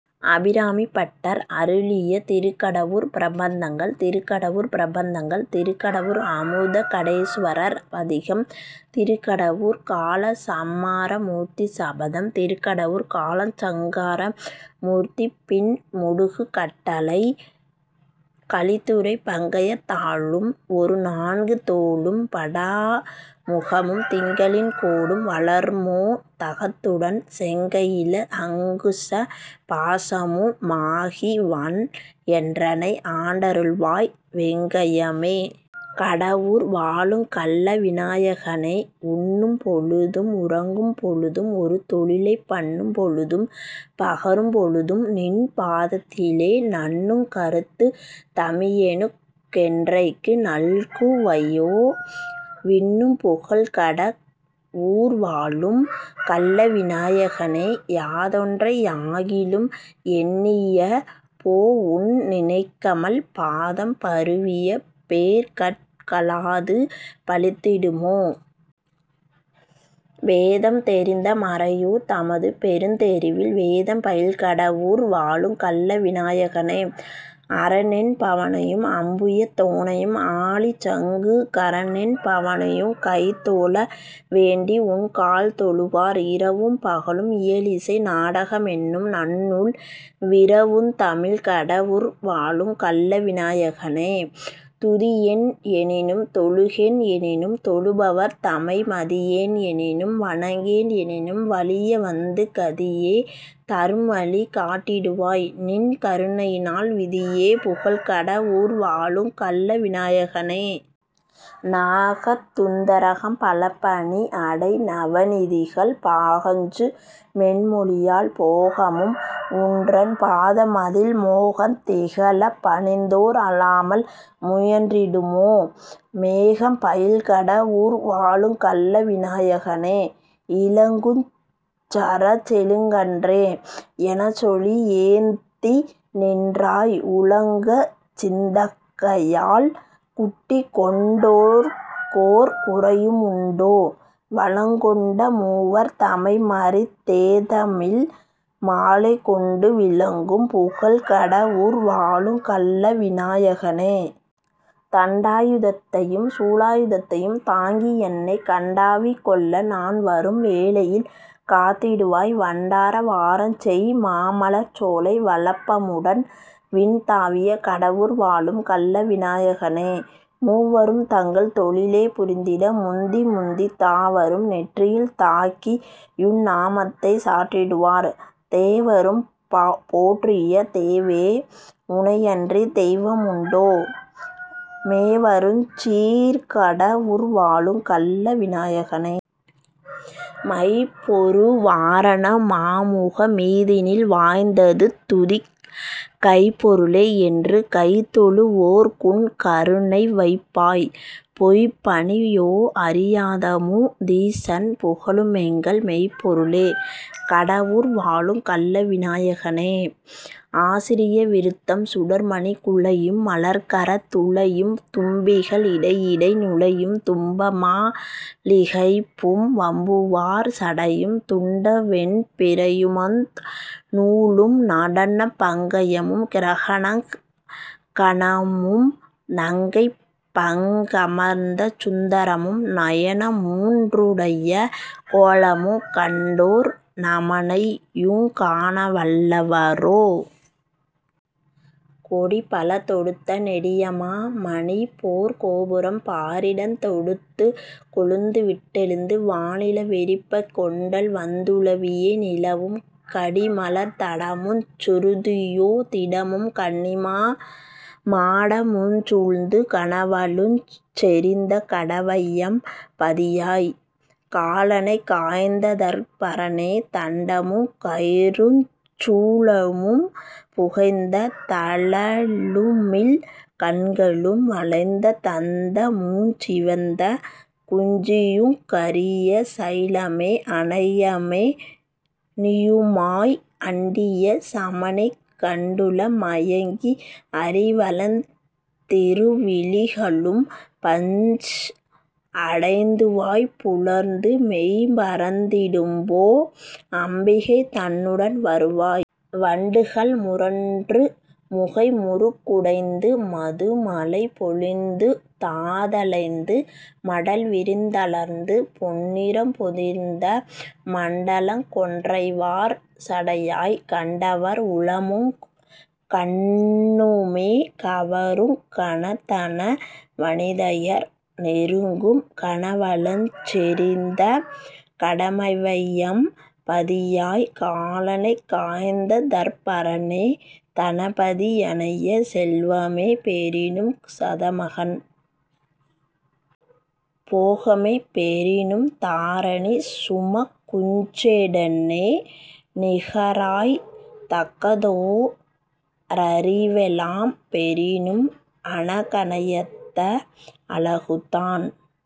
அபிராமிபட்டர் அருளிய திருக்கடவூர் பிரபந்தங்கள் திருக்கடவூர் பிரபந்தங்கள். திருக்கடவூர் அமுதகடேசுவரர் பதிகம். திருக்கடவூர்க் காலசம்மாரமூர்த்தி சபதம். திருக்கடவூர்க் காலசங்கார மூர்த்தி பின்முடுகு கட்டளைக் கலித்துறை பங்கயத் தாளும் ஒருநான்கு தோளும் படாமுகமும் திங்களின் கோடும் வளர்மோ தகத்துடன் செங்கையிலே அங்குச பாசமு மாகிவந் என்றனை ஆண்டருள்வாய்; வெங்கய மே! கட வூர்வாழுங் கள்ள விநாயகனே!. உண்ணும் பொழுதும் உறங்கும் பொழுதும் ஒருதொழிலைப் பண்ணும் பொழுதும் பகரும் பொழுதும்நின் பாதத்திலே நண்ணுங் கருத்துத் தமியேனுக் கென்றைக்கு நல்குவையோ? விண்ணும் புகழ்கட வூர்வாழும் கள்ள விநாயகனே!. யாதொன்றை யாகிலும் எண்ணிய போ உன் இணைக்கமல் பாதம் பரவிய பேர்கட் கலாது பலித்திடுமோ? பேதம் தெரிந்த மறையோர் தமது பெருச்தெருவில் வேதம் பயில்கட வூர்வாழுங் கள்ள விநாயகனே!. அரனென் பவனையும் அம்புயத் தோனையும் ஆழிசங்கு கரனென் பவனையுங் கைதொழ வேண்டி உன் கால்தொழுவார் இரவும் பகலும் இயலிசை நாடக மென்னும் நன்னூல் விரவுந் தமிழ்க்கட வூர்வாழுங் கள்ள விநாயகனே!. துதியேன் எனினும் தொழுகேன் எனினும் தொழுபவர்தமை மதியேன் எனினும் வணங்கேன் எனினும் வலியவந்து கதியே தரும்வழி காட்டிடுவாய்; நின் கருணையினால் விதியே புகழ்க்கட வூர்வாழுங் கள்ள விநாயகனே!. நாக ந்துரகம் பலபணி அடை நவநிதிகள் பாகஞ்சு மென்மொழியாள் போகமும் உன்றன் பாதமதில் மோகந் திகழப் பணிந்தோர்க் அலாமல் முயன்றிடுமோ? மேகம் பயில்கட வூர்வாழுங் கள்ள விநாயகனே!. இளங்குஞ் சரச்செழுங் கன்றே! எனச்சொலி ஏத்திநின்றாய் உளங்கசிந் தங்கையால் குட்டிக்கொண் டோர்க்கோர் குறையுமுண்டோ? வளங்கொண்ட மூவர் தமைமறித் தேதமிழ் மாலைகொண்டு விளங்கும் புகழ்க்கட வூர்வாழுங் கள்ள விநாயகனே!. தண்டாயுதத்தையும் சூலாயுதத்தையும் தாங்கியென்னைக் கண்டாவிகொள்ள நான் வரும் வேளையில் காத்திடுவாய் வண்டாரவாரஞ்செய் மாமலர்ச்சோலை வளப்பமுடன் விண்தாவிய கடவூர் வாழும் கள்ள விநாயகனே. மூவரும் தங்கள் தொழிலே புரிந்திட முந்திமுந்தித் தாவரும் நெற்றியில் தாக்கியுன் நாமத்தைச் சாற்றிடுவார்; தேவரும் போற்றிய தேவே! உனையன்றித் தெய்வமுண்டோ? மேவருஞ் சீர்கட வூர்வாழுங் கள்ள விநாயகனே!. மைப்பொரு வாரண மாமுக மீதினில் வாய்ந்ததுதிக் கைப்பொரு ளே! என்று கைதொழு வோர்குன் கருணைவைப்பாய்; பொய்ப்பணி யோஅறி யாதமு தீசன் புகழுமெங்கள் மெய்ப்பொருளே! கட வூர்வாழுங் கள்ள விநாயகனே!. ஆசிரிய விருத்தம் சுடர்மணிக் குழையும் மலர்க்கரத் துழையும் தும்பிகள் இடையிடை நுழையும் தும்பமா லிகைபும் வம்புவார் சடையும் துண்டவெண் பிறையுமுந் நூலும் நடனபங் கயமும் கிரணகங் கணமும் நங்கைபங் கமர்ந்தசுந் தரமும் நயனமூன் றுடைய கோலமுங் கண்டோர் நமனையுங் காணவல் லவரோ? கொடிபல தொடுத்த நெடியமா மணிபொற் கோபுரம் பாரிடந் தொடுத்துக் கொழுந்துவிட் டெழுந்து வாணில வெறிப்பக் கொண்டல் வந் துலவியே நிலவும் கடிமலர்த் தடமுஞ் சுருதியோ திடமும் கன்னிமா மாடமுஞ் சூழ்ந்து கனவளஞ் செறிந்த கடவையம் பதியாய்! காலனைக் காய்ந்ததற் பரனே!. தண்டமுங் கயிறுஞ் சூலமும் புகைந்த தழலுமிழ் கண்களும் வளைந்த தந்தமுஞ் சிவந்த குஞ்சியுங் கரிய சைலமே அனையமே னியுமாய் அண்டிய சமனைக் கண்டுள மயங்கி அறிவழிந் திருவிழி களும்பஞ் அடைந்துவாய் புலர்ந்து மெய்மறந் திடும்போ அம்பிகை தன்னுடன் வருவாய்! வண்டுகள் முரன்று முகைமுறுக் குடைந்து மதுமழை பொழிந்துதா தளைந்து மடல்விரிந் தலர்ந்து பொன்னிறம் பொதிந்த மண்டலங் கொன்றைவார் சடையாய்! கண்டவர் உளமுங் கண்ணுமே கவருங் கனதன வனிதையர் நெருங்கும் கனவளஞ் செறிந்த கடமைவையம் பதியாய்! காலனைக் காய்ந்ததற் பரனே!. தனபதி யனைய செல்வமே பெறினும் சதமகன் போகமே பெறினும் தாரணி சுமக்குஞ் சேடனே நிகராய்த் தக்கதோ ரறிவெலாம் பெறினும் அனகனையத்த அழகுதான்